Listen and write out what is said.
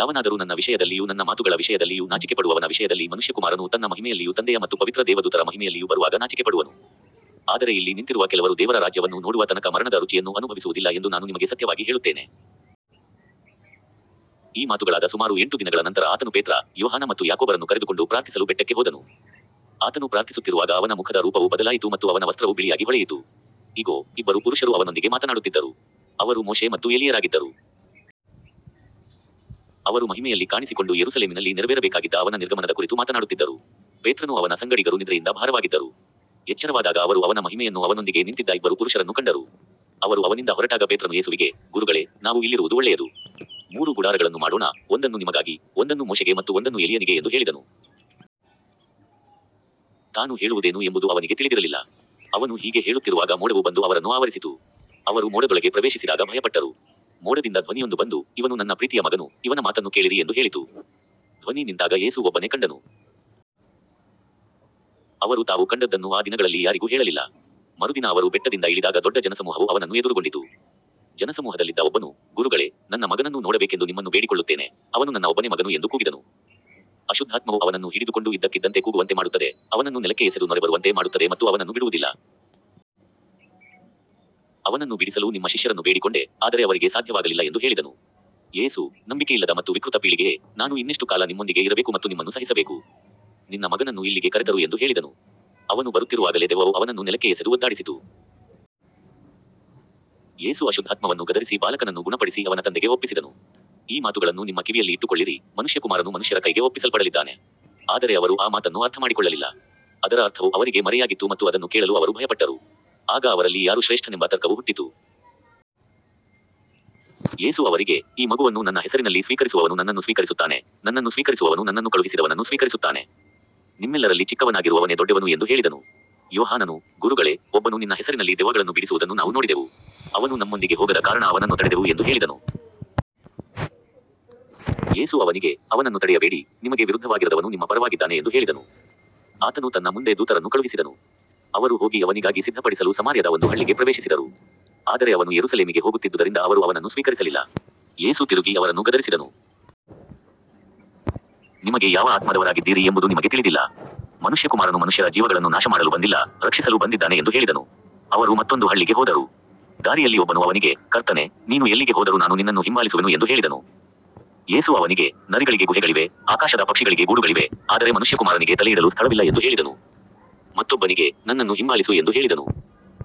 ಯಾವನಾದರೂ ನನ್ನ ವಿಷಯದಲ್ಲಿಯೂ ನನ್ನ ಮಾತುಗಳ ವಿಷಯದಲ್ಲಿಯೂ ನಾಚಿಕೆಪಡುವವನ ವಿಷಯದಲ್ಲಿ ಮನುಷ್ಯಕುಮಾರನು ತನ್ನ ಮಹಿಮೆಯಲ್ಲಿಯೂ ತಂದೆಯ ಮತ್ತು ಪವಿತ್ರ ದೇವದೂತರ ಮಹಿಮೆಯಲ್ಲಿಯೂ ಬರುವಾಗ ನಾಚಿಕೆಪಡುವನು. ಆದರೆ ಇಲ್ಲಿ ನಿಂತಿರುವ ಕೆಲವರು ದೇವರ ರಾಜ್ಯವನ್ನು ನೋಡುವ ತನಕ ಮರಣದ ರುಚಿಯನ್ನು ಅನುಭವಿಸುವುದಿಲ್ಲ ಎಂದು ನಾನು ನಿಮಗೆ ಸತ್ಯವಾಗಿ ಹೇಳುತ್ತೇನೆ. ಈ ಮಾತುಗಳಾದ ಸುಮಾರು ಎಂಟು ದಿನಗಳ ನಂತರ ಆತನು ಪೇತ್ರ, ಯೋಹಾನ ಮತ್ತು ಯಾಕೋಬರನ್ನು ಕರೆದುಕೊಂಡು ಪ್ರಾರ್ಥಿಸಲು ಬೆಟ್ಟಕ್ಕೆ ಹೋದನು. ಆತನು ಪ್ರಾರ್ಥಿಸುತ್ತಿರುವಾಗ ಅವನ ಮುಖದ ರೂಪವು ಬದಲಾಯಿತು ಮತ್ತು ಅವನ ವಸ್ತ್ರವು ಬಿಳಿಯಾಗಿ ಹೊಳೆಯಿತು. ಇಗೋ, ಇಬ್ಬರು ಪುರುಷರು ಅವನೊಂದಿಗೆ ಮಾತನಾಡುತ್ತಿದ್ದರು. ಅವರು ಮೋಶೆ ಮತ್ತು ಎಲೀಯರಾಗಿದ್ದರು. ಅವರು ಮಹಿಮೆಯಲ್ಲಿ ಕಾಣಿಸಿಕೊಂಡು ಯೆರೂಸಲೇಮಿನಲ್ಲಿ ನೆರವೇರಬೇಕಾಗಿದ್ದ ಅವನ ನಿರ್ಗಮನದ ಕುರಿತು ಮಾತನಾಡುತ್ತಿದ್ದರು. ಪೇತ್ರನೂ ಅವನ ಸಂಗಡಿಗರೂ ನಿದ್ರೆಯಿಂದ ಭಾರವಾಗಿದ್ದರು. ಎಚ್ಚರವಾದಾಗ ಅವರು ಅವನ ಮಹಿಮೆಯನ್ನೂ ಅವನೊಂದಿಗೆ ನಿಂತಿದ್ದ ಇಬ್ಬರು ಪುರುಷರನ್ನೂ ಕಂಡರು. ಅವರು ಅವನಿಂದ ಹೊರಟಾಗ ಪೇತ್ರನು ಯೇಸುವಿಗೆ, ಗುರುಗಳೇ, ನಾವು ಇಲ್ಲಿರುವುದು ಒಳ್ಳೆಯದು. ಮೂರು ಗುಡಾರಗಳನ್ನು ಮಾಡೋಣ, ಒಂದನ್ನು ನಿಮಗಾಗಿ, ಒಂದನ್ನು ಮೋಶೆಗೆ ಮತ್ತು ಒಂದನ್ನು ಎಲೀಯನಿಗೆ ಎಂದು ಹೇಳಿದನು. ತಾನು ಹೇಳುವುದೇನು ಎಂಬುದು ಅವನಿಗೆ ತಿಳಿದಿರಲಿಲ್ಲ. ಅವನು ಹೀಗೆ ಹೇಳುತ್ತಿರುವಾಗ ಮೋಡವು ಬಂದು ಅವರನ್ನು ಆವರಿಸಿತು. ಅವರು ಮೋಡದೊಳಗೆ ಪ್ರವೇಶಿಸಿದಾಗ ಭಯಪಟ್ಟರು. ಮೋಡದಿಂದ ಧ್ವನಿಯೊಂದು ಬಂದು, ಇವನು ನನ್ನ ಪ್ರೀತಿಯ ಮಗನು, ಇವನ ಮಾತನ್ನು ಕೇಳಿರಿ ಎಂದು ಹೇಳಿತು. ಧ್ವನಿ ನಿಂತಾಗ ಯೇಸು ಒಬ್ಬನೇ ಕಂಡನು. ಅವರು ತಾವು ಕಂಡದ್ದನ್ನು ಆ ದಿನಗಳಲ್ಲಿ ಯಾರಿಗೂ ಹೇಳಲಿಲ್ಲ. ಮರುದಿನ ಅವರು ಬೆಟ್ಟದಿಂದ ಇಳಿದಾಗ ದೊಡ್ಡ ಜನಸಮೂಹವು ಅವನನ್ನು ಎದುರುಗೊಂಡಿತು. ಜನಸಮೂಹದಲ್ಲಿದ್ದ ಒಬ್ಬನು, ಗುರುಗಳೇ, ನನ್ನ ಮಗನನ್ನು ನೋಡಬೇಕೆಂದು ನಿಮ್ಮನ್ನು ಬೇಡಿಕೊಳ್ಳುತ್ತೇನೆ, ಅವನು ನನ್ನ ಒಬ್ಬನೇ ಮಗನು ಎಂದು ಕೂಗಿದನು. ಅಶುದ್ಧಾತ್ಮವು ಅವನನ್ನು ಹಿಡಿದುಕೊಂಡು ಇದ್ದಕ್ಕಿದ್ದಂತೆ ಕೂಗುವಂತೆ ಮಾಡುತ್ತದೆ, ಅವನನ್ನು ನೆಲಕ್ಕೆ ಎಸೆದು ನೊರೆಬರುವಂತೆ ಮಾಡುತ್ತದೆ ಮತ್ತು ಅವನನ್ನು ಬಿಡುವುದಿಲ್ಲ. ಅವನನ್ನು ಬಿಡಿಸಲು ನಿಮ್ಮ ಶಿಷ್ಯರನ್ನು ಬೇಡಿಕೊಂಡೆ, ಆದರೆ ಅವರಿಗೆ ಸಾಧ್ಯವಾಗಲಿಲ್ಲ ಎಂದು ಹೇಳಿದನು. ಯೇಸು, ನಂಬಿಕೆಯಿಲ್ಲದ ಮತ್ತು ವಿಕೃತ ಪೀಳಿಗೆಯೇ, ನಾನು ಇನ್ನೆಷ್ಟು ಕಾಲ ನಿಮ್ಮೊಂದಿಗೆ ಇರಬೇಕು ಮತ್ತು ನಿಮ್ಮನ್ನು ಸಹಿಸಬೇಕು? ನಿನ್ನ ಮಗನನ್ನು ಇಲ್ಲಿಗೆ ಕರೆತರು ಎಂದು ಹೇಳಿದನು. ಅವನು ಬರುತ್ತಿರುವಾಗಲೇ ದೆವ್ವವು ಅವನನ್ನು ನೆಲಕ್ಕೆ ಎಸೆದು ಒದ್ದಾಡಿಸಿತು. ಯೇಸು ಅಶುದ್ಧಾತ್ಮವನ್ನು ಗದರಿಸಿ ಬಾಲಕನನ್ನು ಗುಣಪಡಿಸಿ ಅವನ ತಂದೆಗೆ ಒಪ್ಪಿಸಿದನು. ಈ ಮಾತುಗಳನ್ನು ನಿಮ್ಮ ಕಿವಿಯಲ್ಲಿ ಇಟ್ಟುಕೊಳ್ಳಿರಿ, ಮನುಷ್ಯಕುಮಾರನು ಮನುಷ್ಯರ ಕೈಗೆ ಒಪ್ಪಿಸಲ್ಪಡಲಿದ್ದಾನೆ. ಆದರೆ ಅವರು ಆ ಮಾತನ್ನು ಅರ್ಥಮಾಡಿಕೊಳ್ಳಲಿಲ್ಲ. ಅದರ ಅರ್ಥವು ಅವರಿಗೆ ಮರೆಯಾಗಿತ್ತು ಮತ್ತು ಅದನ್ನು ಕೇಳಲು ಅವರು ಭಯಪಟ್ಟರು. ಆಗ ಅವರಲ್ಲಿ ಯಾರು ಶ್ರೇಷ್ಠನೆಂಬ ತರ್ಕವು ಹುಟ್ಟಿತು. ಯೇಸು ಅವರಿಗೆ, ಈ ಮಗುವನ್ನು ನನ್ನ ಹೆಸರಿನಲ್ಲಿ ಸ್ವೀಕರಿಸುವವನು ನನ್ನನ್ನು ಸ್ವೀಕರಿಸುತ್ತಾನೆ, ನನ್ನನ್ನು ಸ್ವೀಕರಿಸುವವನು ನನ್ನನ್ನು ಕಳುಹಿಸಿದವನನ್ನು ಸ್ವೀಕರಿಸುತ್ತಾನೆ. ನಿಮ್ಮೆಲ್ಲರಲ್ಲಿ ಚಿಕ್ಕವನಾಗಿರುವವನೇ ದೊಡ್ಡವನು ಎಂದು ಹೇಳಿದನು. ಯೋಹಾನನು, ಗುರುಗಳೇ, ಒಬ್ಬನು ನಿನ್ನ ಹೆಸರಿನಲ್ಲಿ ದೆವ್ವಗಳನ್ನು ಬಿಡಿಸುವುದನ್ನು ನಾವು ನೋಡಿದೆವು. ಅವನು ನಮ್ಮೊಂದಿಗೆ ಹೋಗದ ಕಾರಣ ಅವನನ್ನು ತಡೆದೆವು ಎಂದು ಹೇಳಿದನು. ಯೇಸು ಅವನಿಗೆ, ಅವನನ್ನು ತಡೆಯಬೇಡಿ, ನಿಮಗೆ ವಿರುದ್ಧವಾಗಿರದವನು ನಿಮ್ಮ ಪರವಾಗಿದ್ದಾನೆ ಎಂದು ಹೇಳಿದನು. ಆತನು ತನ್ನ ಮುಂದೆ ದೂತರನ್ನು ಕಳುಹಿಸಿದನು. ಅವರು ಹೋಗಿ ಅವನಿಗಾಗಿ ಸಿದ್ಧಪಡಿಸಲು ಸಮಾರ್ಯದ ಒಂದು ಹಳ್ಳಿಗೆ ಪ್ರವೇಶಿಸಿದರು. ಆದರೆ ಅವನು ಯೆರೂಸಲೇಮಿಗೆ ಹೋಗುತ್ತಿದ್ದುದರಿಂದ ಅವರು ಅವನನ್ನು ಸ್ವೀಕರಿಸಲಿಲ್ಲ. ಯೇಸು ತಿರುಗಿ ಅವರನ್ನು ಗದರಿಸಿದನು. ನಿಮಗೆ ಯಾವ ಆತ್ಮದವರಾಗಿದ್ದೀರಿ ಎಂಬುದು ನಿಮಗೆ ತಿಳಿದಿಲ್ಲ. ಮನುಷ್ಯಕುಮಾರನು ಮನುಷ್ಯರ ಜೀವಗಳನ್ನು ನಾಶಮಾಡಲು ಬಂದಿಲ್ಲ, ರಕ್ಷಿಸಲು ಬಂದಿದ್ದಾನೆ ಎಂದು ಹೇಳಿದನು. ಅವರು ಮತ್ತೊಂದು ಹಳ್ಳಿಗೆ ಹೋದರು. ದಾರಿಯಲ್ಲಿ ಒಬ್ಬನು ಅವನಿಗೆ, ಕರ್ತನೇ, ನೀನು ಎಲ್ಲಿಗೆ ಹೋದರೂ ನಾನು ನಿನ್ನನ್ನು ಹಿಂಬಾಲಿಸುವೆನು ಎಂದು ಹೇಳಿದನು. ಯೇಸು ಅವನಿಗೆ, ನರಿಗಳಿಗೆ ಗುಹೆಗಳಿವೆ, ಆಕಾಶದ ಪಕ್ಷಿಗಳಿಗೆ ಗೂಡುಗಳಿವೆ, ಆದರೆ ಮನುಷ್ಯಕುಮಾರನಿಗೆ ತಲೆಯಿಡಲು ಸ್ಥಳವಿಲ್ಲ ಎಂದು ಹೇಳಿದನು. ಮತ್ತೊಬ್ಬನಿಗೆ, ನನ್ನನ್ನು ಹಿಂಬಾಲಿಸು ಎಂದು ಹೇಳಿದನು.